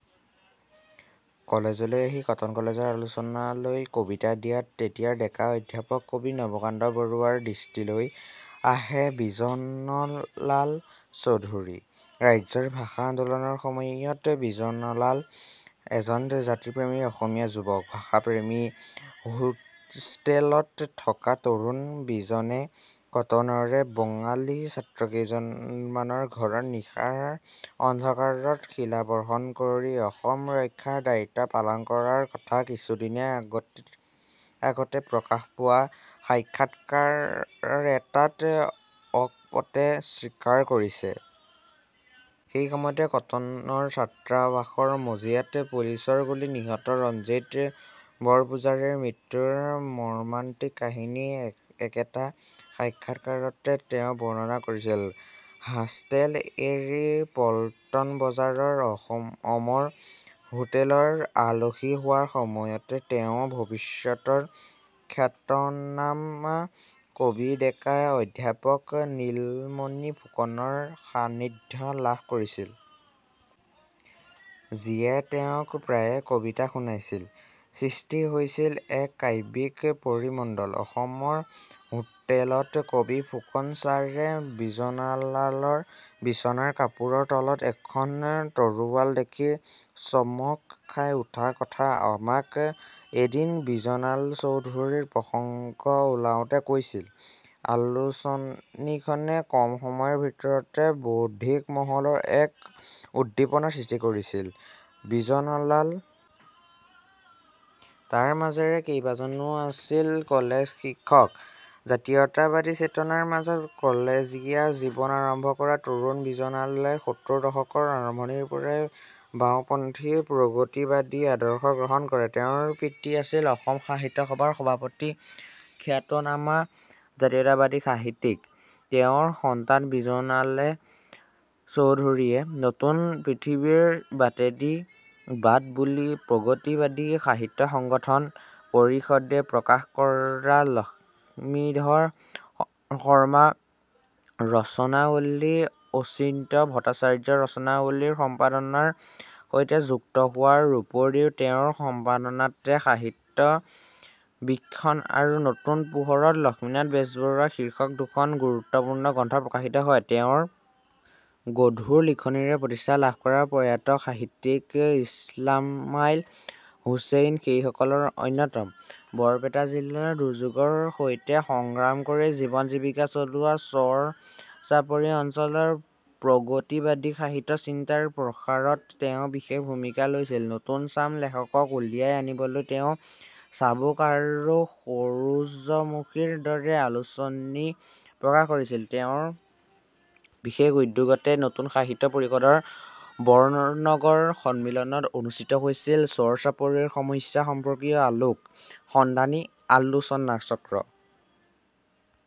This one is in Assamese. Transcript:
কলেজলৈ আহি কটন কলেজৰ আলোচনীলৈ কবিতা দিয়াত তেতিয়াৰ ডেকা অধ্যাপক কবি নৱকান্ত বৰুৱাৰ দৃষ্টিলৈ আহে বিজনলাল চৌধুৰী। ৰাজ্যৰ ভাষা আন্দোলনৰ সময়ত বিজনলাল এজন জাতিপ্ৰেমী অসমীয়া যুৱক। ভাষাপ্ৰেমী হোষ্টেলত থকা তৰুণ বিজনে কটনৰে বঙালী ছাত্ৰকেইজনমানৰ ঘৰত নিশাৰ অন্ধকাৰত শিলাবৰ্ষণ কৰি অসম ৰক্ষাৰ দায়িত্ব পালন কৰাৰ কথা কিছুদিন আগতে প্ৰকাশ পোৱা সাক্ষাৎকাৰ এটাত অকপটে স্বীকাৰ কৰিছে। সেই সময়তে কটনৰ ছাত্ৰাবাসৰ মজিয়াত পুলিচৰ গুলিত নিহত ৰঞ্জিত বৰপূজাৰীৰ মৃত্যুৰ মৰ্মান্তিক কাহিনী একেটা সাক্ষাৎকাৰতে তেওঁ বৰ্ণনা কৰিছিল। হোষ্টেল এৰি পল্টনবজাৰৰ অমৰ হোটেলৰ আলহী হোৱাৰ সময়তে তেওঁ ভৱিষ্যতৰ খ্যাতনামা কবি ডেকা অধ্যাপক নীলমণি ফুকনৰ সান্নিধ্য লাভ কৰিছিল। যিয়ে তেওঁক প্ৰায়ে কবিতা শুনাইছিল। সৃষ্টি হৈছিল এক কাব্যিক পৰিমণ্ডল। অমৰ হোটেলত কবি ফুকন ছাৰে বিজনলালৰ বিছনাৰ কাপোৰৰ তলত এখন তৰোৱাল দেখি চমক খাই উঠা কথা আমাক এদিন বিজনলাল চৌধুৰীৰ প্ৰসংগ ওলাওতে কৈছিল। আলোচনীখনে কম সময়ৰ ভিতৰতে বৌদ্ধিক মহলৰ এক উদ্দীপনাৰ সৃষ্টি কৰিছিল। বিজনলাল মাজৰে কেইবাজনো আছিল কলেজ শিক্ষক। জাতীয়তাবাদী চেতনাৰ মাজত কলেজীয়া জীৱন আৰম্ভ কৰা তৰুণ বিজনলালে সত্তৰৰ দশকৰ আৰম্ভণিৰ পৰাই বাঁওপন্থী প্ৰগতিবাদী আদৰ্শ গ্ৰহণ কৰে। তেওঁৰ পিতৃ আছিল অসম সাহিত্য সভাৰ সভাপতি খ্যাতনামা জাতীয়তাবাদী সাহিত্যিক। তেওঁৰেই সন্তান বিজনলাল চৌধুৰীয়ে নতুন পৃথিৱীৰ বাটেদি বাট বুলি প্ৰগতিবাদী সাহিত্য সংগঠন, পৰিষদে প্ৰকাশ কৰা লক্ষ্মীধৰ শৰ্মা ৰচনাৱলী অচিন্ত্য ভট্টাচাৰ্য ৰচনাৱলীৰ সম্পাদনাৰ সৈতে যুক্ত হোৱাৰ উপৰিও তেওঁৰ সম্পাদনাতে সাহিত্য বীক্ষণ আৰু নতুন পোহৰত লক্ষ্মীনাথ বেজবৰুৱা শীৰ্ষক দুখন গুৰুত্বপূৰ্ণ গ্ৰন্থ প্ৰকাশিত হয়। তেওঁৰ গধুৰ লিখনিৰে প্ৰতিষ্ঠা লাভ কৰা প্ৰয়াত সাহিত্যিক ইছমাইল হোছেইন সেইসকলৰ অন্যতম। বৰপেটা জিলাৰ দুৰ্যোগৰ সৈতে সংগ্ৰাম কৰি জীৱন জীৱিকা চলোৱা চৰ চাপৰি অঞ্চলত প্ৰগতিবাদী সাহিত্য চিন্তাৰ প্ৰসাৰত তেওঁ বিশেষ ভূমিকা লৈছিল। নতুন চাম লেখকক উলিয়াই আনিবলৈ তেওঁ চাবুক আৰু সুৰুযমুখীৰ দৰে আলোচনী প্ৰকাশ কৰিছিল। তেওঁৰ বিশেষ উদ্যোগতে নতুন সাহিত্য পৰিষদৰ বৰনগৰ সন্মিলনত অনুষ্ঠিত হৈছিল চৰচাপৰিৰ সমস্যা সম্পৰ্কীয় আলোক সন্ধানী আলোচনাচক্ৰ।